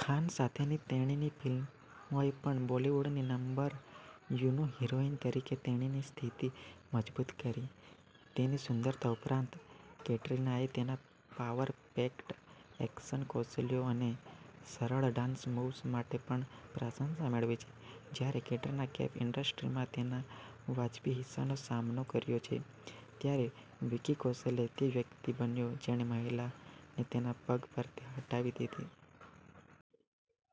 ખાન સાથેની તેણીની ફિલ્મોએ પણ બોલીવુડની નંબર યુનો હીરોઇન તરીકે તેણીની સ્થિતિ મજબૂત કરી. તેની સુંદરતા ઉપરાંત, કેટરિનાએ તેના પાવર-પેક્ડ એક્શન કૌશલ્યો અને સરળ ડાન્સ મૂવ્સ માટે પણ પ્રશંસા મેળવી છે. જ્યારે કેટરિના કૈફે ઇન્ડસ્ટ્રીમાં તેના વાજબી હિસ્સાનો સામનો કર્યો છે, ત્યારે વિકી કૌશલ તે વ્યક્તિ બન્યો જેણે મહિલાને તેના પગ પરથી હટાવી દીધી.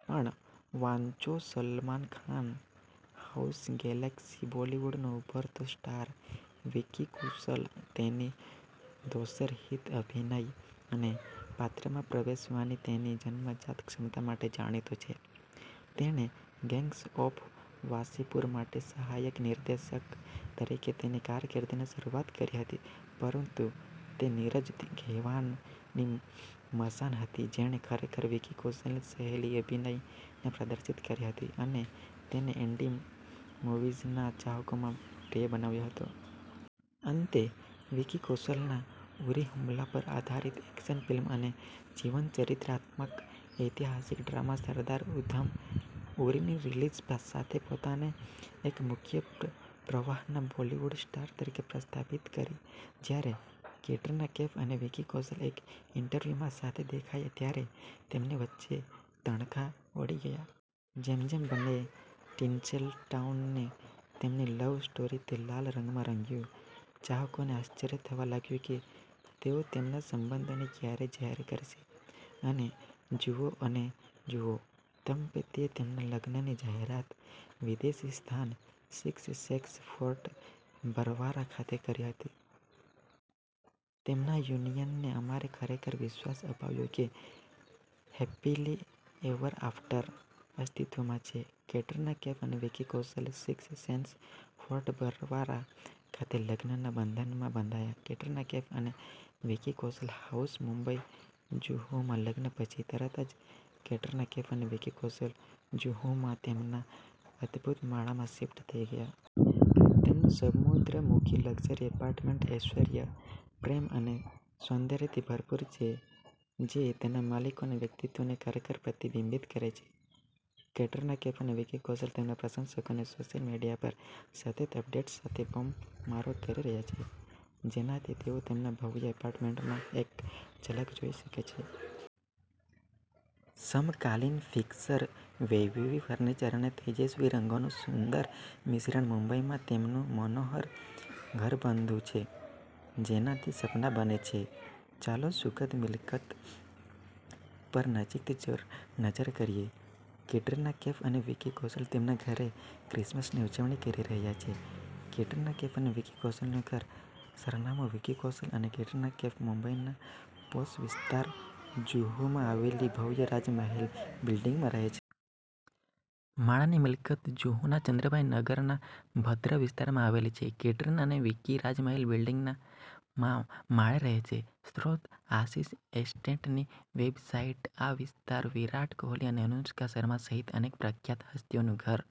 પણ વાંચોસલમાન ખાન હાઉસગેલેક્સી બોલિવૂડનો ઉભરતો સ્ટાર, વિકી કૌશલ તેની દોષરહિત અભિનય અને પાત્રમાં પ્રવેશવાની તેની જન્મજાત ક્ષમતા માટે જાણીતો છે. તેણે ગેંગ્સ ઓફ વાસેપુર માટે સહાયક નિર્દેશક તરીકે તેની કારકિર્દીની શરૂઆત કરી હતી, પરંતુ તે નીરજ ઘેવાનની મસાન હતી જેણે ખરેખર વિકી કૌશલની સહેલી અભિનયને પ્રદર્શિત કરી હતી અને તેને ઇન્ડી મૂવીઝના ચાહકોમાં પ્રિય બનાવ્યો હતો. અંતે, વિકી કૌશલે ના ઉરી હુમલા પર આધારિત એક્શન ફિલ્મ અને જીવનચરિત્રાત્મક ઐતિહાસિક ડ્રામા સરદાર ઉધમ, ઉરીની રિલીઝ સાથે પોતાને એક મુખ્ય પ્રવાહના બોલિવૂડ સ્ટાર તરીકે સ્થાપિત કરી. જ્યારે કેટરીના કૈફ અને વિકી કૌશલ એક ઈન્ટરવ્યુમાં સાથે દેખાયા ત્યારે તેમની વચ્ચે તણખા ઉડી ગયા. જેમ જેમબંનેએ ટિન્સેલટાઉનને તેમની લવ સ્ટોરીથી લાલ રંગમાં રંગ્યું, ચાહકોને આશ્ચર્ય થવા લાગ્યું કે તેઓ તેમના સંબંધોને ક્યારે જાહેર કરશે, અને જુઓ અને જુઓ, દંપતીએ તેમના લગ્નની જાહેરાત વિદેશી સ્થાન, સિક્સ સેન્સ ફોર્ટ બરવારા ખાતે કરી હતી! તેમના યુનિયને અમને ખરેખર વિશ્વાસ અપાવ્યો કે 'હૅપીલી એવર આફ્ટર' અસ્તિત્વમાં છે! કેટરિના કૈફ અને Vicky Kaushal six senses fort Barwara ખાતે લગ્નના બંધનમાં બંધાયા કેટરિના કૈફ અને વિકી કૌશલ હાઉસ મુંબઈજુહુમાં લગ્ન પછી તરત જ, કેટરિના કૈફ અને વિકી કૌશલ જુહુમાં તેમના અદભૂત માળામાં શિફ્ટ થઈ ગયા. તેમનું સમુદ્ર-મુખી લક્ઝરી એપાર્ટમેન્ટ ઐશ્વર્ય, પ્રેમ અને સૌંદર્યથી ભરપૂર છે, જે તેના માલિકોના વ્યક્તિત્વને ખરેખર પ્રતિબિંબિત કરે છે. કેટરિના કૈફ અને વિકી કૌશલ તેમના પ્રશંસકોને સોશિયલ મીડિયા પર સતત અપડેટ્સ સાથે બોમ્બમારો કરી રહ્યા છે, જેનાથી તેઓ તેમના ભવ્ય એપાર્ટમેન્ટમાં એક ઝલક જોઈ શકે છે. સમકાલીન ફિક્સર, વૈભવી ફર્નિચર અને તેજસ્વી રંગોનું સુંદર મિશ્રણ, મુંબઈમાં તેમનું મનોહર ઘરબધું છે જેનાથી સપના બને છે! ચાલોસુખદ મિલકત પર નજીકથી નજર કરીએ. કેટરિના કૈફ અને વિકી કૌશલ તેમના ઘરે ક્રિસમસની ઉજવણી કરી રહ્યાં છે કેટરિના કૈફ અને વિકી કૌશલનું ઘરનું સરનામું વિકી કૌશલ અને કેટરિના કૈફ મુંબઈના પોશ વિસ્તાર જુહુમાં આવેલી ભવ્ય રાજમહેલ બિલ્ડિંગમાં રહે છે. માળની મિલકત જુહુના ચંદ્રબાઈ નગરના ભદ્ર વિસ્તારમાં આવેલી છે. કેટરિના અને વિકી રાજમહેલ બિલ્ડિંગના મા માળે રહે છે સ્રોતઃ આશિષ એસ્ટેટની વેબસાઈટઆ વિસ્તાર વિરાટ કોહલી અને અનુષ્કા શર્મા સહિત અનેક પ્રખ્યાત હસ્તીઓનું ઘર